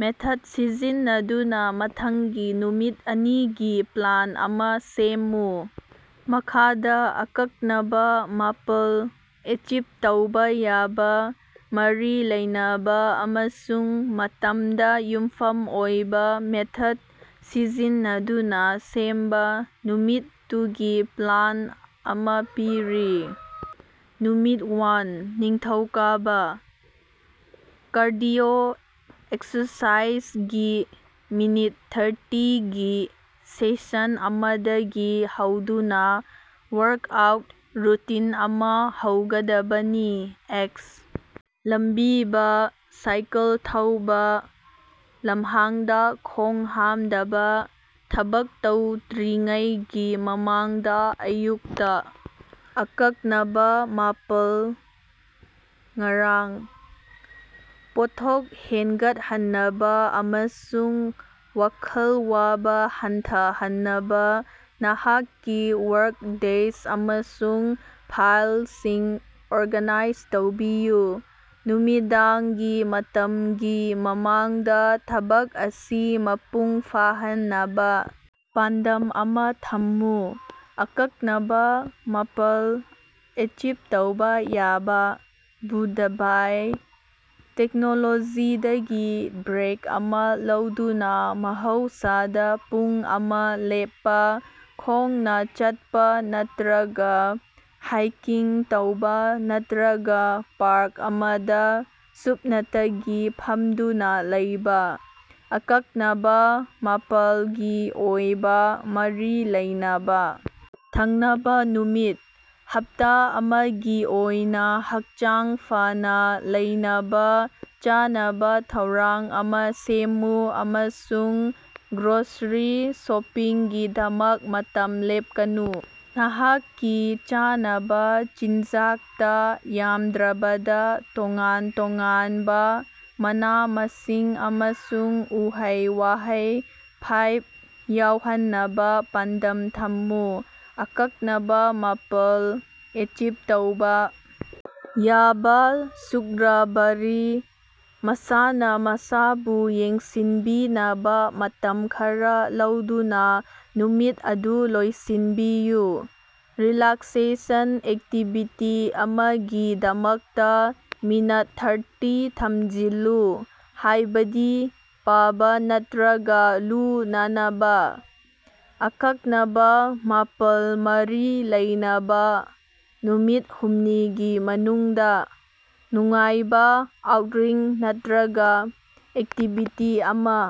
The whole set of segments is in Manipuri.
ꯃꯦꯊꯗ ꯁꯤꯖꯤꯟꯅꯗꯨꯅ ꯃꯊꯪꯒꯤ ꯅꯨꯃꯤꯠ ꯑꯅꯤꯒꯤ ꯄ꯭ꯂꯥꯟ ꯑꯃꯥ ꯁꯦꯝꯃꯨ꯫ ꯃꯈꯥꯗꯥ (ꯑꯀꯛꯅꯕꯥ, ꯃꯥꯄꯜ, ꯑꯦꯆꯤꯚ ꯇꯧꯕꯥ ꯌꯥꯕꯥ, ꯃꯔꯤ ꯂꯩꯅꯕꯥ, ꯑꯃꯁꯨꯡ ꯃꯇꯝꯗ ꯌꯨꯝꯐꯝ ꯑꯣꯏꯕꯥ) ꯃꯦꯊꯗ ꯁꯤꯖꯤꯟꯅꯗꯨꯅꯥ ꯁꯦꯝꯕꯥ ꯅꯨꯃꯤꯠ ꯇꯨꯒꯤ ꯄ꯭ꯂꯥꯟ ꯑꯃꯥ ꯄꯤꯔꯤ: ꯅꯨꯃꯤꯠ ꯋꯥꯟ: ꯅꯤꯡꯊꯧꯀꯥꯕꯥ: ꯀꯥꯔꯗꯤꯑꯣ ꯑꯦꯛꯁꯔꯁꯥꯏꯖꯒꯤ ꯃꯤꯅꯤꯠ ꯊ꯭ꯔꯇꯤꯒꯤ ꯁꯦꯁꯟ ꯑꯃꯗꯒꯤ ꯍꯧꯗꯨꯅꯥ ꯋꯥꯔꯀꯑꯥꯎꯠ ꯔꯨꯇꯤꯟ ꯑꯃꯥ ꯍꯧꯒꯗꯕꯅꯤ (ꯑꯦꯛꯁ. ꯂꯝꯕꯤꯕꯥ, ꯁꯥꯏꯀꯜ ꯊꯧꯕꯥ, ꯂꯝꯍꯥꯡꯗꯥ ꯈꯣꯉ ꯍꯥꯃꯗꯕꯥ) ꯊꯕꯛ ꯇꯧꯗ꯭ꯔꯤꯉꯩꯒꯤ ꯃꯃꯥꯡꯗꯥ ꯑꯌꯨꯛꯇꯥ꯫ (ꯑꯀꯛꯅꯕꯥ, ꯃꯥꯄꯜ) ꯉꯔꯥꯡ: ꯄꯣꯠꯊꯣꯛ ꯍꯦꯟꯒꯠꯍꯟꯅꯕꯥ ꯑꯃꯁꯨꯡ ꯋꯥꯈꯜ ꯋꯥꯕꯥ ꯍꯟꯊꯍꯟꯅꯕꯥ ꯅꯍꯥꯛꯀꯤ ꯋꯥꯔꯛ ꯗꯦꯁꯛ ꯑꯃꯁꯨꯡ ꯐꯥꯏꯂꯁꯤꯡ ꯑꯣꯔꯒꯅꯥꯏꯖ ꯇꯧꯕꯤꯌꯨ꯫ ꯅꯨꯃꯤꯗꯥꯡꯒꯤ ꯃꯇꯃꯒꯤ ꯃꯃꯥꯡꯗꯥ ꯊꯕꯛ ꯑꯁꯤ ꯃꯄꯨꯡ ꯐꯥꯍꯟꯅꯕꯥ ꯄꯥꯟꯗꯝ ꯑꯃꯥ ꯊꯝꯃꯨ꯫ (ꯑꯀꯛꯅꯕꯥ, ꯃꯥꯄꯜ, ꯑꯦꯆꯤꯕ ꯇꯧꯕꯥ ꯌꯥꯕꯥ) ꯕꯨꯙꯕꯥꯏ: ꯇꯦꯛꯅꯣꯂꯣꯖꯤꯗꯒꯤ ꯕ꯭ꯔꯦꯛ ꯑꯃꯥ ꯂꯧꯗꯨꯅꯥ ꯃꯍꯧꯁꯥꯗꯥ ꯄꯨꯡ ꯑꯃ ꯂꯦꯞꯄꯥ, ꯈꯣꯡꯅꯥ ꯆꯠꯄꯥ ꯅꯠꯇꯔꯒꯥ ꯍꯥꯏꯀꯤꯡ ꯇꯧꯕꯥ ꯅꯠꯇꯔꯒꯥ ꯄꯥꯔꯛ ꯑꯃꯗꯥ ꯁꯨꯞꯅꯇꯒꯤ ꯐꯃꯗꯨꯅꯥ ꯂꯩꯕꯥ꯫ (ꯑꯀꯛꯅꯕꯥ, ꯃꯥꯄꯜꯒꯤ ꯑꯣꯏꯕꯥ, ꯃꯔꯤ ꯂꯩꯅꯕꯥ) ꯊꯪꯅꯕꯥ ꯅꯨꯃꯤꯠ: ꯍꯞꯇꯥ ꯑꯃꯒꯤ ꯑꯣꯏꯅꯥ ꯍꯛꯆꯥꯡ ꯐꯅꯥ ꯂꯩꯅꯕꯥ ꯆꯥꯅꯕꯥ ꯊꯧꯔꯥꯡ ꯑꯃꯥ ꯁꯦꯝꯃꯨ ꯑꯃꯁꯨꯡ ꯒ꯭ꯔꯣꯁꯔꯤ ꯁꯣꯄꯤꯡꯒꯤꯗꯃꯛ ꯃꯇꯝ ꯂꯦꯞꯀꯅꯨ꯫ ꯅꯍꯥꯛꯀꯤ ꯆꯥꯅꯕꯥ ꯆꯤꯟꯖꯥꯛꯇꯥ ꯌꯥꯝꯗ꯭ꯔꯕꯗꯥ ꯇꯣꯉꯥꯟ-ꯇꯣꯉꯥꯅꯕꯥ ꯃꯅꯥ-ꯃꯁꯤꯡ ꯑꯃꯁꯨꯡ ꯎꯍꯩ-ꯋꯥꯍꯩ ꯐꯥꯏꯚ ꯌꯥꯎꯍꯟꯅꯕꯥ ꯄꯥꯟꯗꯝ ꯊꯝꯃꯨ꯫ (ꯑꯀꯛꯅꯕꯥ, ꯃꯥꯄꯜ, ꯑꯦꯆꯤꯕ ꯇꯧꯕꯥ ꯌꯥꯕꯥ) ꯁꯨꯛꯔꯕꯥꯔꯤ: ꯃꯁꯥꯅꯥ ꯃꯁꯥꯕꯨ ꯌꯦꯡꯁꯤꯟꯕꯤꯅꯕꯥ ꯃꯇꯝ ꯈꯔꯥ ꯂꯧꯗꯨꯅꯥ ꯅꯨꯃꯤꯠ ꯑꯗꯨ ꯂꯣꯏꯁꯤꯟꯕꯤꯌꯨ꯫ ꯔꯤꯂꯥꯛꯁꯦꯁꯟ ꯑꯦꯛꯇꯤꯚꯤꯇꯤ ꯑꯃꯒꯤꯗꯃꯛꯇꯥ ꯃꯤꯅꯠ ꯊ꯭ꯔꯇꯤ ꯊꯝꯖꯤꯜꯂꯨ, ꯍꯥꯏꯕꯗꯤ ꯄꯥꯕꯥ ꯅꯠꯇꯔꯒꯥ ꯂꯨ-ꯅꯥꯅꯕꯥ꯫ (ꯑꯀꯛꯅꯕꯥ, ꯃꯥꯄꯜ, ꯃꯔꯤ ꯂꯩꯅꯕꯥ) ꯅꯨꯃꯤꯠ ꯍꯨꯝꯅꯤꯒꯤ ꯃꯅꯨꯡꯗꯥ: ꯅꯨꯡꯉꯥꯏꯕꯥ ꯑꯥꯎꯠꯔꯤꯡ ꯅꯠꯇꯔꯒꯥ ꯑꯦꯛꯇꯤꯚꯤꯇꯤ ꯑꯃꯥ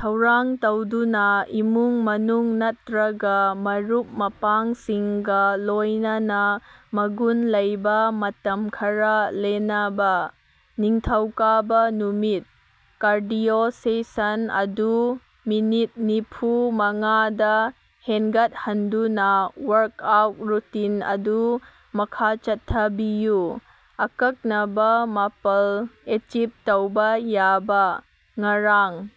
ꯊꯧꯔꯥꯡ ꯇꯧꯗꯨꯅꯥ ꯏꯃꯨꯡ-ꯃꯅꯨꯡ ꯅꯠꯇꯔꯒꯥ ꯃꯔꯨꯞ-ꯃꯄꯥꯡꯁꯤꯡꯒꯥ ꯂꯣꯏꯅꯅ ꯃꯒꯨꯟ ꯂꯩꯕꯥ ꯃꯇꯝ ꯈꯔꯥ ꯂꯦꯅꯕꯥ꯫ ꯅꯤꯡꯊꯧꯀꯥꯕꯥ ꯅꯨꯃꯤꯠ: ꯀꯥꯔꯗꯤꯑꯣ ꯁꯦꯁꯟ ꯑꯗꯨ ꯃꯤꯅꯤꯠ ꯅꯤꯐꯨ ꯃꯉꯥꯗꯥ ꯍꯦꯅꯒꯠꯍꯟꯗꯨꯅꯥ ꯋꯥꯔꯀꯑꯥꯎꯠ ꯔꯨꯇꯤꯟ ꯑꯗꯨ ꯃꯈꯥ ꯆꯠꯊꯕꯤꯌꯨ꯫ (ꯑꯀꯛꯅꯕꯥ, ꯃꯥꯄꯜ, ꯑꯦꯆꯤꯕ ꯇꯧꯕꯥ ꯌꯥꯕꯥ) ꯉꯔꯥꯡ: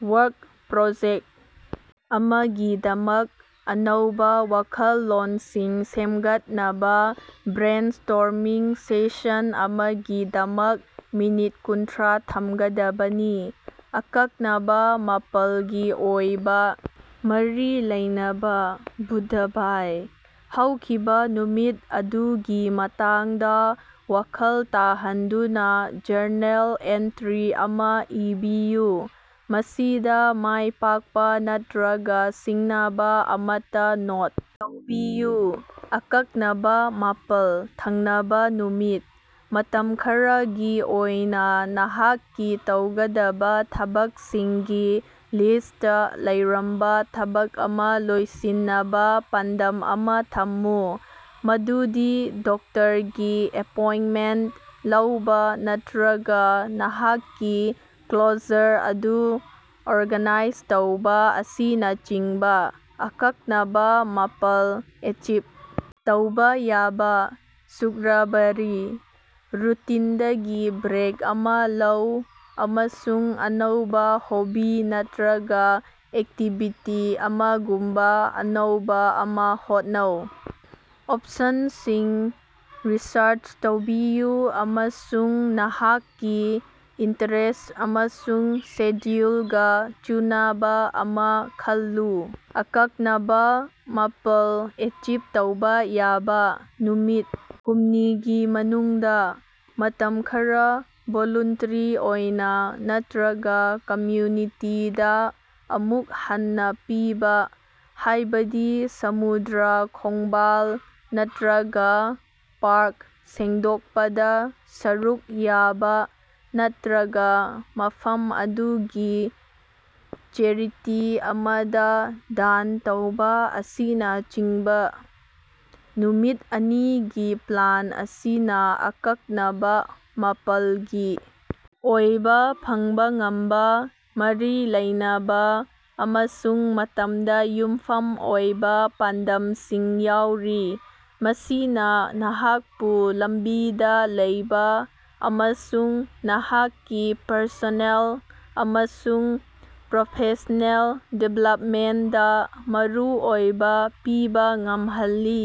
ꯋꯥꯔꯛ ꯄ꯭ꯔꯣꯖꯦꯛꯇ ꯑꯃꯒꯤꯗꯃꯛ ꯑꯅꯧꯕꯥ ꯋꯥꯈꯜꯂꯣꯟꯁꯤꯡ ꯁꯦꯝꯒꯠꯅꯕꯥ ꯕ꯭ꯔꯦꯟꯁ꯭ꯇꯣꯔꯃꯤꯡ ꯁꯦꯁꯟ ꯑꯃꯒꯤꯗꯃꯛ ꯃꯤꯅꯤꯠ ꯀꯨꯟꯊ꯭ꯔꯥ ꯊꯝꯒꯗꯕꯅꯤ꯫ (ꯑꯀꯛꯅꯕꯥ, ꯃꯥꯄꯂꯒꯤ ꯑꯣꯏꯕꯥ, ꯃꯔꯤ ꯂꯩꯅꯕꯥ) ꯕꯨꯙꯕꯥꯏ: ꯍꯧꯈꯤꯕꯥ ꯅꯨꯃꯤꯠ ꯑꯗꯨꯒꯤ ꯃꯇꯥꯡꯗꯥ ꯋꯥꯈꯜ ꯇꯥꯍꯟꯗꯨꯅꯥ ꯖꯔꯅꯦꯜ ꯑꯦꯟꯇꯔꯤ ꯑꯃꯥ ꯏꯕꯤꯌꯨ, ꯃꯁꯤꯗꯥ ꯃꯥꯏ ꯄꯥꯛꯄꯥ ꯅꯠꯔꯒꯥ ꯁꯤꯡꯅꯕꯥ ꯑꯃꯠꯇꯥ ꯅꯣꯠ ꯇꯧꯕꯤꯌꯨ꯫ (ꯑꯀꯛꯅꯕꯥ, ꯃꯥꯄꯜ) ꯊꯪꯅꯕꯥ ꯅꯨꯃꯤꯠ: ꯃꯇꯝ ꯈꯔꯒꯤ ꯑꯣꯏꯅꯥ ꯅꯍꯥꯛꯀꯤ ꯇꯧꯒꯗꯕꯥ ꯊꯕꯛꯁꯤꯡꯒꯤ ꯂꯤꯁꯇꯇꯥ ꯂꯩꯔꯝꯕꯥ ꯊꯕꯛ ꯑꯃꯥ ꯂꯣꯏꯁꯤꯟꯅꯕꯥ ꯄꯥꯟꯗꯝ ꯑꯃꯥ ꯊꯝꯃꯨ, ꯃꯗꯨꯗꯤ ꯗꯣꯛꯇꯔꯒꯤ ꯑꯦꯄꯣꯏꯟꯇꯃꯦꯟꯇ ꯂꯧꯕꯥ ꯅꯠꯇꯔꯒꯥ ꯅꯍꯥꯛꯀꯤ ꯀ꯭ꯂꯣꯖꯔ ꯑꯗꯨ ꯑꯣꯔꯒꯥꯅꯥꯏꯖ ꯇꯧꯕꯥ ꯑꯁꯤꯅꯆꯤꯡꯕꯥ꯫ (ꯑꯀꯛꯅꯕꯥ, ꯃꯥꯄꯜ, ꯑꯦꯆꯤꯚ ꯇꯧꯕꯥ ꯌꯥꯕꯥ) ꯁꯨꯛꯔꯕꯥꯔꯤ: ꯔꯨꯇꯤꯅꯗꯒꯤ ꯕ꯭ꯔꯦꯛ ꯑꯃꯥ ꯂꯧ ꯑꯃꯁꯨꯡ ꯑꯅꯧꯕꯥ ꯍꯣꯕꯤ ꯅꯠꯇꯔꯒꯥ ꯑꯦꯛꯇꯤꯚꯤꯇꯤ ꯑꯃꯥꯒꯨꯝꯕꯥ ꯑꯅꯧꯕꯥ ꯑꯃ ꯍꯣꯠꯅꯧ꯫ ꯑꯣꯄꯁꯟꯁꯤꯡ ꯔꯤꯁꯔꯆ ꯇꯧꯕꯤꯌꯨ ꯑꯃꯁꯨꯡ ꯅꯍꯥꯛꯀꯤ ꯏꯟꯇꯔꯦꯁꯠ ꯑꯃꯁꯨꯡ ꯁꯦꯗ꯭ꯌꯨꯂꯒꯥ ꯆꯨꯅꯕꯥ ꯑꯃꯥ ꯈꯜꯂꯨ꯫ (ꯑꯀꯛꯅꯕꯥ, ꯃꯥꯄꯜ, ꯑꯦꯆꯤꯚ ꯇꯧꯕꯥ ꯌꯥꯕꯥ) ꯅꯨꯃꯤꯠ ꯍꯨꯝꯅꯤꯒꯤ ꯃꯅꯨꯡꯗꯥ: ꯃꯇꯝ ꯈꯔꯥ ꯚꯣꯂꯨꯟꯇꯔꯤ ꯑꯣꯏꯅꯥ ꯅꯠꯇꯔꯒꯥ ꯀꯝꯌꯨꯅꯤꯇꯤꯗꯥ ꯑꯃꯨꯛ ꯍꯟꯅꯥ ꯄꯤꯕꯥ, ꯍꯥꯏꯕꯗꯤ ꯁꯃꯨꯗ꯭ꯔ ꯈꯣꯡꯕꯥꯜ ꯅꯠꯇꯔꯒꯥ ꯄꯥꯔꯛ ꯁꯦꯡꯗꯣꯛꯄꯗꯥ ꯁꯔꯨꯛ ꯌꯥꯕꯥ ꯅꯠꯇꯔꯒꯥ ꯃꯐꯝ ꯑꯗꯨꯒꯤ ꯆꯦꯔꯤꯇꯤ ꯑꯃꯗꯥ ꯗꯥꯟ ꯇꯧꯕꯥ ꯑꯁꯤꯅꯆꯤꯡꯕꯥ꯫ ꯅꯨꯃꯤꯠ ꯑꯅꯤꯒꯤ ꯄ꯭ꯂꯥꯟ ꯑꯁꯤꯅꯥ ꯑꯀꯛꯅꯕꯥ, ꯃꯥꯄꯜꯒꯤ ꯑꯣꯏꯕꯥ, ꯐꯪꯕꯥ ꯉꯝꯕꯥ, ꯃꯔꯤ ꯂꯩꯅꯕꯥ ꯑꯃꯁꯨꯡ ꯃꯇꯝꯗ ꯌꯨꯝꯐꯝ ꯑꯣꯏꯕꯥ ꯄꯥꯟꯗꯝꯁꯤꯡ ꯌꯥꯎꯔꯤ, ꯃꯁꯤꯅꯥ ꯅꯍꯥꯛꯄꯨ ꯂꯝꯕꯤꯗꯥ ꯂꯩꯕꯥ ꯑꯃꯁꯨꯡ ꯅꯍꯥꯛꯀꯤ ꯄꯔꯁꯣꯅꯦꯜ ꯑꯃꯁꯨꯡ ꯄ꯭ꯔꯣꯐꯦꯁꯅꯦꯜ ꯗꯤꯕꯦꯂꯄꯃꯦꯟꯇꯗꯥ ꯃꯔꯨ ꯑꯣꯏꯕꯥ ꯄꯤꯕꯥ ꯉꯝꯍꯜꯂꯤ꯫